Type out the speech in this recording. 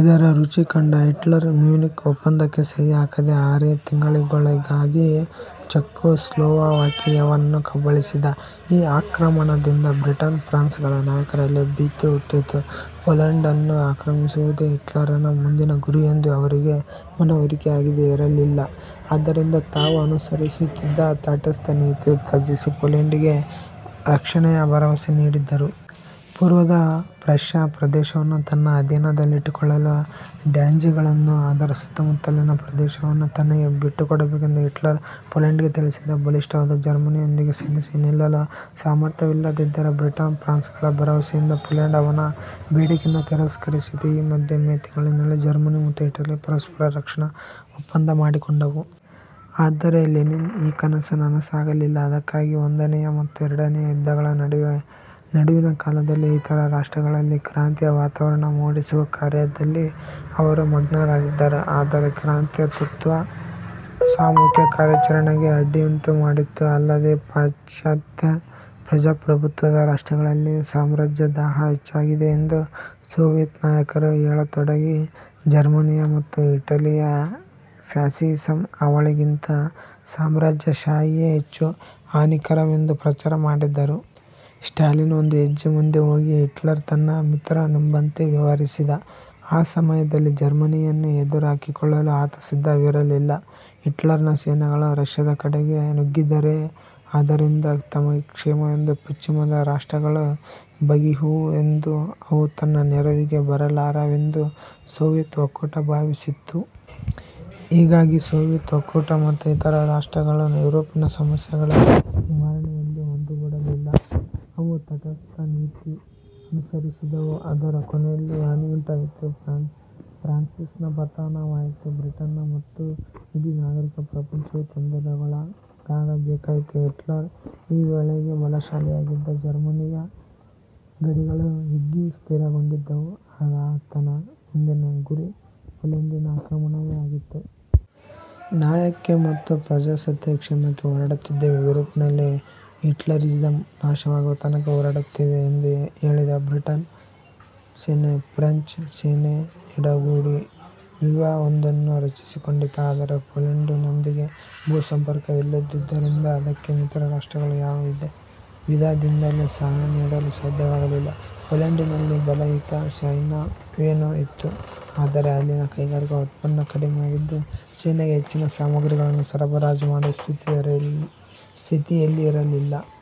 ಇದರ ರುಚಿ ಕಂಡ ಹಿಟ್ಲರ್ ಮ್ಯೂನಿಕ್ ಒಪ್ಪಂದಕ್ಕೆ ಸಹಿಹಾಕಿದ ಆರೇ ತಿಂಗಳೊಳಗಾಗಿ ಚೆಕೊಸ್ಲೊವಾಕಿಯವನ್ನು ಕಬಳಿಸಿದ. ಈ ಆಕ್ರಮಣದಿಂದ ಬ್ರಿಟನ್, ಫ್ರಾನ್ಸ್ಗಳ ನಾಯಕರಲ್ಲಿ ಭೀತಿ ಹುಟ್ಟಿತು. ಪೋಲೆಂಡನ್ನು ಆಕ್ರಮಿಸುವುದೇ ಹಿಟ್ಲರನ ಮುಂದಿನ ಗುರಿಯೆಂದು ಅವರಿಗೆ ಮನವರಿಕೆಯಾಗದೆ ಇರಲಿಲ್ಲ. ಆದ್ದರಿಂದ ತಾವು ಅನುಸರಿಸುತ್ತಿದ್ದ ತಾಟಸ್ಥ್ಯನೀತಿ ತ್ಯಜಿಸಿ, ಪೋಲೆಂಡಿಗೆ ರಕ್ಷಣೆಯ ಭರವಸೆ ನೀಡಿದರು. ಪೂರ್ವದ ಪ್ರಷ್ಯ ಪ್ರದೇಶವನ್ನು ತನ್ನ ಅಧೀನದಲ್ಲಿಟ್ಟುಕೊಳ್ಳಲು ಡ್ಯಾನ್ಜಿಗಳನ್ನೂ ಅದರ ಸುತ್ತಮುತ್ತಲಿನ ಪ್ರದೇಶವನ್ನೂ ತನಗೆ ಬಿಟ್ಟುಕೊಡಬೇಕೆಂದು ಹಿಟ್ಲರ್ ಪೋಲೆಂಡಿಗೆ ತಿಳಿಸಿದ. ಬಲಿಷ್ಠವಾದ ಜರ್ಮನಿಯೊಂದಿಗೆ ಸೆಣೆಸಿ ನಿಲ್ಲಲು ಸಾಮರ್ಥ್ಯವಿಲ್ಲದಿದ್ದರೂ ಬ್ರಿಟನ್ ಫ್ರಾನ್ಸ್ಗಳ ಭರವಸೆಯಿಂದ ಪೋಲೆಂಡ್ ಅವನ ಬೇಡಿಕೆಯನ್ನು ತಿರಸ್ಕರಿಸಿತು. ಈ ಮಧ್ಯೆ ಮೇ ತಿಂಗಳಿನಲ್ಲಿ ಜರ್ಮನಿ ಮತ್ತು ಇಟಲಿ ಪರಸ್ಪರ ರಕ್ಷಣಾ ಒಪ್ಪಂದ ಮಾಡಿಕೊಂಡವು. ಆದರೆ ಲೆನಿನ್ನ ಈ ಕನಸು ನನಸಾಗಲಿಲ್ಲ. ಅದಕ್ಕಾಗಿ ಒಂದನೆಯ ಮತ್ತು ಎರಡನೆಯ ಯುದ್ಧಗಳ ನಡುವಿನ ಕಾಲದಲ್ಲಿ ಇತರ ರಾಷ್ಟ್ರಗಳಲ್ಲಿ ಕ್ರಾಂತಿಯ ವಾತಾವರಣ ಮೂಡಿಸುವ ಕಾರ್ಯದಲ್ಲಿ ಅವರು ಮಗ್ನರಾಗಿದ್ದರು. ಆದರೆ ಕ್ರಾಂತಿಯ ತತ್ತ್ವ ಸಾಮೂಹಿಕ ಕಾರ್ಯಾಚರಣೆಗೆ ಅಡ್ಡಿಯುಂಟುಮಾಡಿತು. ಅಲ್ಲದೆ ಪಾಶ್ಚಾತ್ಯ ಪ್ರಜಾಪ್ರಭುತ್ವದ ರಾಷ್ಟ್ರಗಳಲ್ಲಿ ಸಾಮ್ರಾಜ್ಯದಾಹ ಹೆಚ್ಚಾಗಿದೆಯೆಂದು ಸೋವಿಯತ್ ನಾಯಕರು ಹೇಳತೊಡಗಿ, ಜರ್ಮನಿಯ ಮತ್ತು ಇಟಲಿಯ ಫ್ಯಾಸಿಸಂ ಹಾವಳಿಗಿಂತ ಸಾಮ್ರಾಜ್ಯಷಾಹಿಯೇ ಹೆಚ್ಚು ಹಾನಿಕರವೆಂದು ಪ್ರಚಾರ ಮಾಡಿದರು. ಸ್ಟಾಲಿನ್ ಒಂದು ಹೆಜ್ಜೆ ಮುಂದೆ ಹೋಗಿ, ಹಿಟ್ಲರ್ ತನ್ನ ಮಿತ್ರನೆಂಬಂತೆ ವ್ಯವಹರಿಸಿದ. ಆ ಸಮಯದಲ್ಲಿ ಜರ್ಮನಿಯನ್ನು ಎದುರು ಹಾಕಿಕೊಳ್ಳಲು ಆತ ಸಿದ್ಧವಿರಲಿಲ್ಲ. ಹಿಟ್ಲರನ ಸೇನೆಗಳು ರಷ್ಯ ದ ಕಡೆಗೆ ನುಗ್ಗಿದರೆ ಅದರಿಂದ ತಮಗೆ ಕ್ಷೇಮವೆಂದು ಪಶ್ಚಿಮದ ರಾಷ್ಟ್ರಗಳು ಬಗೆಯುವುವೆಂದೂ ಅವು ತನ್ನ ನೆರವಿಗೆ ಬರಲಾರವೆಂದೂ ಸೋವಿಯತ್ ಒಕ್ಕೂಟ ಭಾವಿಸಿತ್ತು. ಹೀಗಾಗಿ ಸೋವಿಯತ್ ಒಕ್ಕೂಟ ಮತ್ತು ಇತರ ರಾಷ್ಟ್ರಗಳು ಯುರೋಪಿನ ಸಮಸ್ಯೆಗಳ ನಿವಾರಣೆಯಲ್ಲಿ ಒಂದುಗೂಡಲಿಲ್ಲ. ಅವು ತಾಟಸ್ಥ್ಯನೀತಿ ಅನುಸರಿಸಿದವು. ಆದರೂ ಕೊನೆಯಲ್ಲಿ ಹಾನಿಯುಂಟಾಯಿತು. ಫ್ರಾನ್ಸಿನ ಪತನವಾಯಿತು. ಬ್ರಿಟನ್ ಮತ್ತು ಇಡೀ ನಾಗರಿಕ ಪ್ರಪಂಚವೇ ತೊಂದರೆಗೊಳಗಾಗಬೇಕಾಯಿತು. ಹಿಟ್ಲರ್ ಈ ವೇಳೆಗೆ ಬಲಶಾಲಿಯಾಗಿದ್ದ. ಜರ್ಮನಿಯ ಗಡಿಗಳು ಹಿಗ್ಗಿ ಸ್ಥಿರಗೊಂಡಿದ್ದುವು. ಆಗ ಆತನ ಮುಂದಿನ ಗುರಿ ಪೋಲೆಂಡಿನ ಆಕ್ರಮಣವೇ ಆಗಿತ್ತು. ನ್ಯಾಯಕ್ಕೆ ಮತ್ತು ಪ್ರಜಾಸತ್ತೆಯ ಕ್ಷೇಮಕ್ಕೆ ಹೋರಾಡುತ್ತಿದ್ದೇವೆ. ಯುರೋಪಿನಲ್ಲಿ ಹಿಟ್ಲರಿಸಂ ನಾಶವಾಗುವ ತನಕ ಹೋರಾಡುತ್ತೇವೆ ಎಂದು ಹೇಳಿದ. ಬ್ರಿಟನ್ನ ಸೇನೆ ಫ್ರೆಂಚ್ ಸೇನೆಯೊಡಗೂಡಿ ವ್ಯೂಹವೊಂದನ್ನು ರಚಿಸಿಕೊಂಡಿತು. ಆದರೆ ಪೋಲೆಂಡಿನೊಂದಿಗೆ ಭೂಸಂಪರ್ಕವಿಲ್ಲದಿದ್ದುದರಿಂದ ಅದಕ್ಕೆ ಮಿತ್ರರಾಷ್ಟ್ರಗಳು ಯಾವ ವಿಧದಿಂದಲೂ ಸಹಾಯ ನೀಡಲು ಸಾಧ್ಯವಾಗಲಿಲ್ಲ. ಪೋಲೆಂಡಿನಲ್ಲಿ ಬಲಯುತ ಸೈನ್ಯವೇನೋ ಇತ್ತು. ಆದರೆ ಅಲ್ಲಿನ ಕೈಗಾರಿಕಾ ಉತ್ಪನ್ನ ಕಡಿಮೆಯಾಗಿದ್ದು ಸೇನೆಗೆ ಹೆಚ್ಚಿನ ಸಾಮಗ್ರಿಗಳನ್ನು ಸರಬರಾಜು ಮಾಡುವ ಸ್ಥಿತಿಯಲ್ಲಿರಲಿಲ್ಲ.